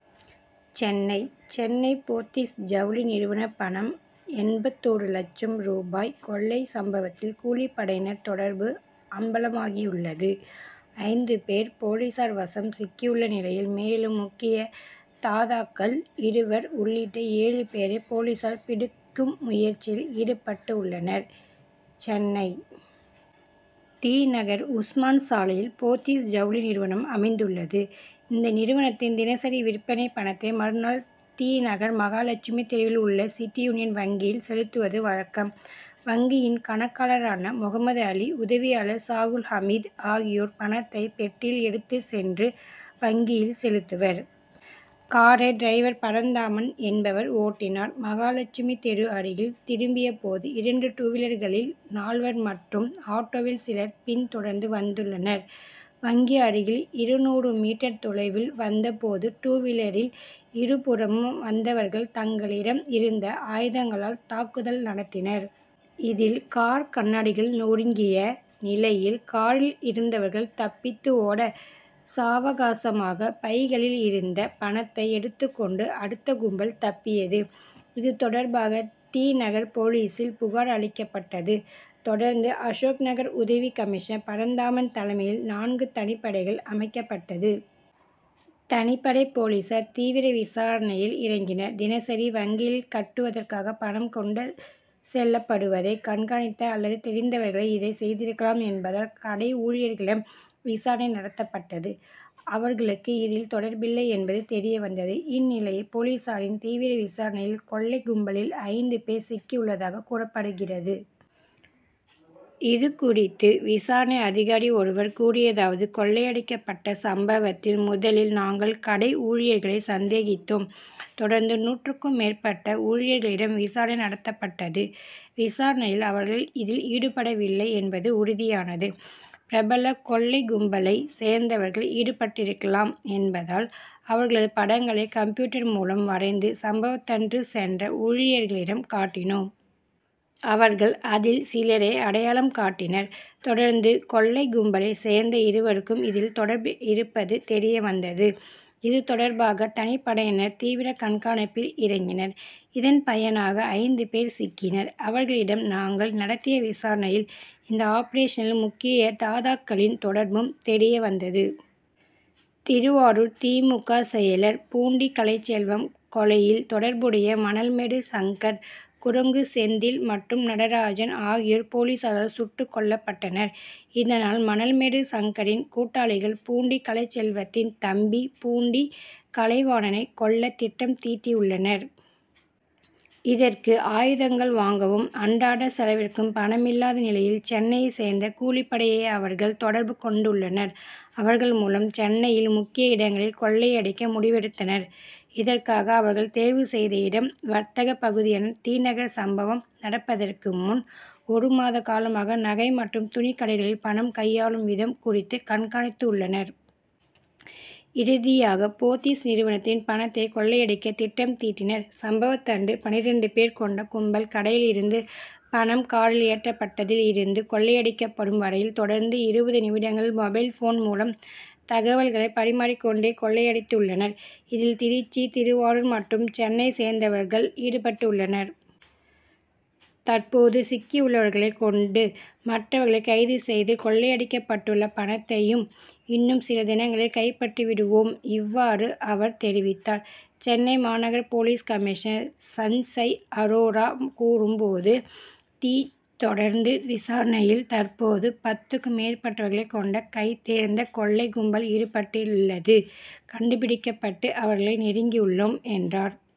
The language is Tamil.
சென்னை சென்னை போத்தீஸ் ஜவுளி நிறுவன பணம் எண்பத்தொரு லட்சம் ரூபாய் கொள்ளை சம்பவத்தில் கூலிப்படையினர் தொடர்பு அம்பலமாகியுள்ளது. ஐந்து பேர் போலீசார் வசம் சிக்கியுள்ள நிலையில், மேலும் முக்கிய தாதாக்கள் இருவர் உள்ளிட்ட ஏழு பேரை போலீசார் பிடிக்கும் முயற்சியில் ஈடுபட்டுள்ளனர். சென்னை, தி. நகர்., உஸ்மான் சாலையில் போத்தீஸ் ஜவுளி நிறுவனம் அமைந்துள்ளது. இந்த நிறுவனத்தின் தினசரி விற்பனை பணத்தை மறுநாள் தி. நகர்., மகாலட்சுமி தெருவில் உள்ள சிட்டி யூனியன் வங்கியில் செலுத்துவது வழக்கம். வங்கியின் கணக்காளரான முகமது அலி, உதவியாளர் சாகுல் ஹமீது ஆகியோர் பணத்தை பெட்டியில் எடுத்துச் சென்று வங்கியில் செலுத்துவர். காரை டிரைவர் பரந்தாமன் என்பவர் ஓட்டினார். மகாலட்சுமி தெரு அருகில் திரும்பிய போது இரண்டு டூவீலர்களில் நால்வர் மற்றும் ஆட்டோவில் சிலர் பின் தொடர்ந்து வந்துள்ளனர். வங்கி அருகில் இருநூறு மீட்டர் தொலைவில் வந்த போது டூவீலரில் இருபுறமும் வந்தவர்கள் தங்களிடம் இருந்த ஆயுதங்களால் தாக்குதல் நடத்தினர். இதில் கார் கண்ணாடிகள் நொறுங்கிய நிலையில் காரில் இருந்தவர்கள் தப்பித்து ஓட, சாவகாசமாக பைகளில் இருந்த பணத்தை எடுத்துக் கொண்டு அந்த கும்பல் தப்பியது. இது தொடர்பாக தி. நகர் போலீசில் புகார் அளிக்கப்பட்டது. தொடர்ந்து, அசோக்நகர் உதவி கமிஷனர் பரந்தாமன் தலைமையில் நான்கு தனிப்படைகள் அமைக்கப்பட்டது. தனிப்படை போலீசார் தீவிர விசாரணையில் இறங்கினர். தினசரி வங்கியில் கட்டுவதற்காக பணம் கொண்டு செல்லப்படுவதை கண்காணித்த அல்லது தெரிந்தவர்களே இதை செய்திருக்கலாம் என்பதால் கடை ஊழியர்களிடம் விசாரணை நடத்தப்பட்டது. அவர்களுக்கு இதில் தொடர்பில்லை என்பது தெரியவந்தது. இந்நிலையில், போலீசாரின் தீவிர விசாரணையில் கொள்ளை கும்பலில் ஐந்து பேர் சிக்கியுள்ளதாக கூறப்படுகிறது. இதுகுறித்து விசாரணை அதிகாரி ஒருவர் கூறியதாவது கொள்ளையடிக்கப்பட்ட சம்பவத்தில் முதலில் நாங்கள் கடை ஊழியர்களை சந்தேகித்தோம். தொடர்ந்து நூற்றுக்கும் மேற்பட்ட ஊழியர்களிடம் விசாரணை நடத்தப்பட்டது. விசாரணையில் அவர்கள் இதில் ஈடுபடவில்லை என்பது உறுதியானது. பிரபல கொள்ளை கும்பலை சேர்ந்தவர்கள் ஈடுபட்டிருக்கலாம் என்பதால் அவர்களது படங்களை கம்ப்யூட்டர் மூலம் வரைந்து சம்பவத்தன்று சென்ற ஊழியர்களிடம் காட்டினோம். அவர்கள், அதில் சிலரை அடையாளம் காட்டினர். தொடர்ந்து கொள்ளை கும்பலை சேர்ந்த இருவருக்கு இதில் தொடர்பிருப்பது தெரியவந்தது. இது தொடர்பாக தனிப்படையினர் தீவிர கண்காணிப்பில் இறங்கினர். இதன் பயனாக ஐந்து பேர் சிக்கினர். அவர்களிடம் நாங்கள் நடத்திய விசாரணையில் இந்த, ஆபரேஷனில் முக்கிய ததாதாக்களின் தொடர்பும் தெரியவந்தது. திருவாரூர் தி. மு. க., செயலர் பூண்டி கலைச்செல்வம் கொலையில் தொடர்புடைய மணல் மேடு சங்கர், குரங்கு செந்தில் மற்றும் நடராஜன் ஆகியோர் போலீசாரால் சுட்டுக் கொல்லப்பட்டனர். இதனால், மணல் மேடு சங்கரின் கூட்டாளிகள் பூண்டி கலைச்செல்வத்தின் தம்பி பூண்டி கலைவாணனை கொல்ல திட்டம் தீட்டியுள்ளனர். இதற்கு ஆயுதங்கள் வாங்கவும், அன்றாட செலவிற்கும் பணமில்லாத நிலையில், சென்னையை சேர்ந்த கூலிப்படையை அவர்கள் தொடர்பு கொண்டுள்ளனர். அவர்கள் மூலம் சென்னையில் முக்கிய இடங்களில் கொள்ளையடிக்க முடிவெடுத்தனர். இதற்காக அவர்கள் தேர்வு செய்த இடம் வர்த்தகப் பகுதியான தி. நகர். சம்பவம் நடப்பதற்கு முன், ஒரு மாத காலமாக நகை மற்றும் துணிக்கடைகளில் பணம் கையாளும் விதம் குறித்து கண்காணித்துள்ளனர். இறுதியாக, போத்தீஸ் நிறுவனத்தின் பணத்தை கொள்ளையடிக்க திட்டம் தீட்டினர். சம்பவத்தன்று பன்னிரண்டு பேர் கொண்ட கும்பல் கடையில் இருந்து பணம் காரில் ஏற்றப்பட்டதில் இருந்து கொள்ளையடிக்கப்படும் வரையில் தொடர்ந்து இருபது நிமிடங்கள் மொபைல் போன் மூலம் தகவல்களை பரிமாறிக் கொண்டே கொள்ளையடித்துள்ளனர். இதில், திருச்சி, திருவாரூர் மற்றும் சென்னையை சேர்ந்தவர்கள் ஈடுபட்டுள்ளனர். தற்போது சிக்கியுள்ளவர்களை கொண்டு மற்றவர்களை கைது செய்து, கொள்ளையடிக்கப்பட்டுள்ள பணத்தையும் இன்னும் சில தினங்களில் கைப்பற்றிவிடுவோம். இவ்வாறு அவர் தெரிவித்தார். சென்னை மாநகர போலீஸ் கமிஷனர் சஞ்சய் அரோரா கூறும் போது தி. தொடர்ந்து விசாரணையில் தற்போது பத்துக்கும் மேற்பட்டவர்களை கொண்ட கைதேர்ந்த கொள்ளை கும்பல் ஈடுபட்டுள்ளது கண்டுபிடிக்கப்பட்டு, அவர்களை நெருங்கியுள்ளோம், என்றார்.